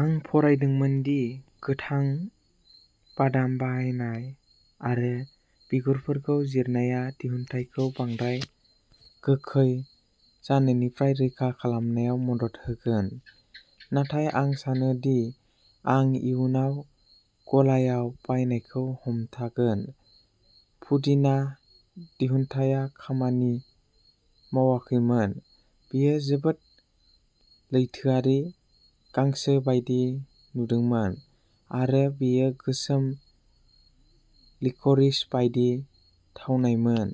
आं फरायदोंमोन दि गोथां बादाम बाहायनाय आरो बिगुरफोरखौ जिरनाया दिहुनथायखौ बांद्राय गोखै जानायनिफ्राय रैखा खालामनायाव मदद होगोन। नाथाय आं सानो दि आं इयुनाव गलायाव बायनायखौ हमथागोन। पुदिना दिहुनथाया खामानि मावाखैमोन बेयो जोबोद लैथोआरि गांसो बायदि नुदोंमोन आरो बेयो गोसोम लिक'रिस बायदि थावनायमोन।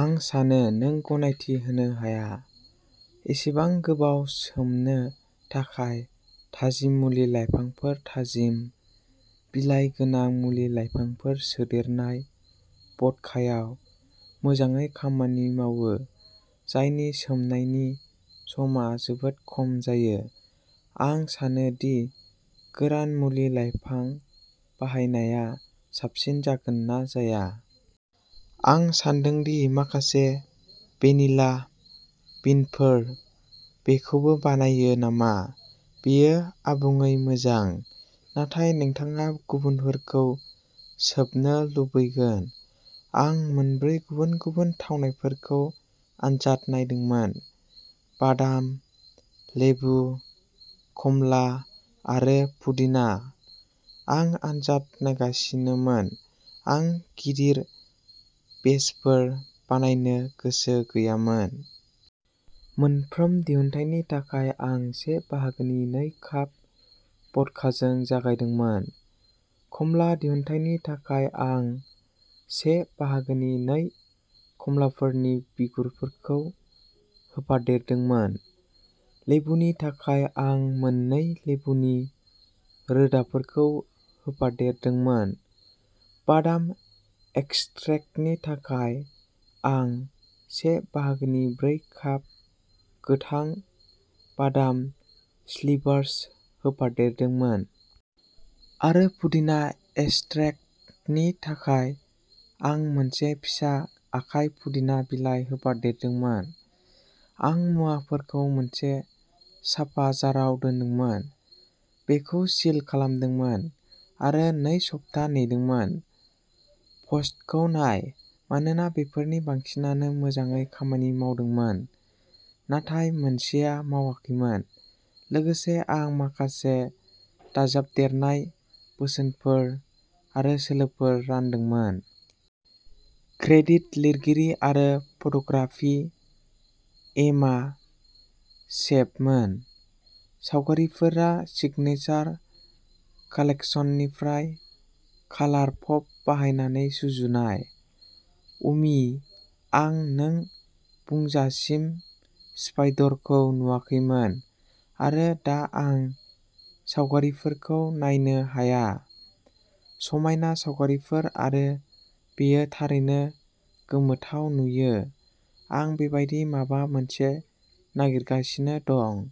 आं सानो नों गनायथि होनो हाया। एसेबां गोबाव सोमनो थाखाय थाजिम मुलि लाइफांफोर थाजिम, बिलाइ गोनां मुलि लाइफांफोर सोदेरनाय भद्कायाव मोजाङै खामानि मावो जायनि सोमनायनि समा जोबोद खम जायो। आं सानो दि गोरान मुलि लाइफां बाहायनाया साबसिन जागोन ना जाया। आं सान्दों दि माखासे भेनिला बिनफोर बेखौबो बानायो नामा बेयो आबुङै मोजां। नाथाय नोंथाङा गुबुनफोरखौ सोबनो लुबैगोन। आं मोनब्रै गुबुन गुबुन थावनायफोरखौ आनजाद नायदोंमोन बादाम, लेबु, खमला आरो पुदिना। आं आनजाद नायगासिनोमोन, आं गिदिर बेचफोर बानायनो गोसो गैयामोन। मोनफ्रोम दिहुनथायनि थाखाय आं से बाहागोनि नै काप भडकाजों जागायदोंमोन। खमला दिहुनथायनि थाखाय आं से बाहागोनि नै खमलाफोरनि बिगुरफोरखौ होफादेरदोंमोन। लेबुनि थाखाय आं मोननै लेबुनि रोदाफोरखौ होफादेरदोंमोन। बादाम एक्सट्रेक्टनि थाखाय, आं से बाहागोनि ब्रै काप गोथां बादाम स्लिभार्स होफादेरदोंमोन। आरो पुदिना एक्सट्रेक्टनि थाखाय आं मोनसे फिसा आखाइ पुदिना बिलाइ होफादेरदोंमोन। आं मुवाफोरखौ मोनसे साफा जाराव दोनदोंमोन, बेखौ सिल खालामदोंमोन, आरो नै सप्ता नेदोंमोन। प'स्टखौ नाय मानोना बेफोरनि बांसिनानो मोजाङै खामानि मावदोंमोन नाथाय मोनसेआ मावाखैमोन लोगोसे आं माखासे दाजाबदेरनाय बोसोनफोर आरो सोलोफोर रानदोंमोन। क्रेडिट लिरगिरि आरो फट'ग्राफि एमा चेपमोन। सावगारिफोरा सिगनेचार कालेक्सननिफ्राय कालार पप बाहायनानै सुजुनाय। अ'मि आं नों बुंजासिम स्पाइडरखौ नुवाखैमोन आरो दा आं सावगारिफोरखौ नायनो हाया। समायना सावगारिफोर आरो बेयो थारैनो गोमोथाव नुयो आं बेबादि माबा मोनसे नागिरगासिनो दं।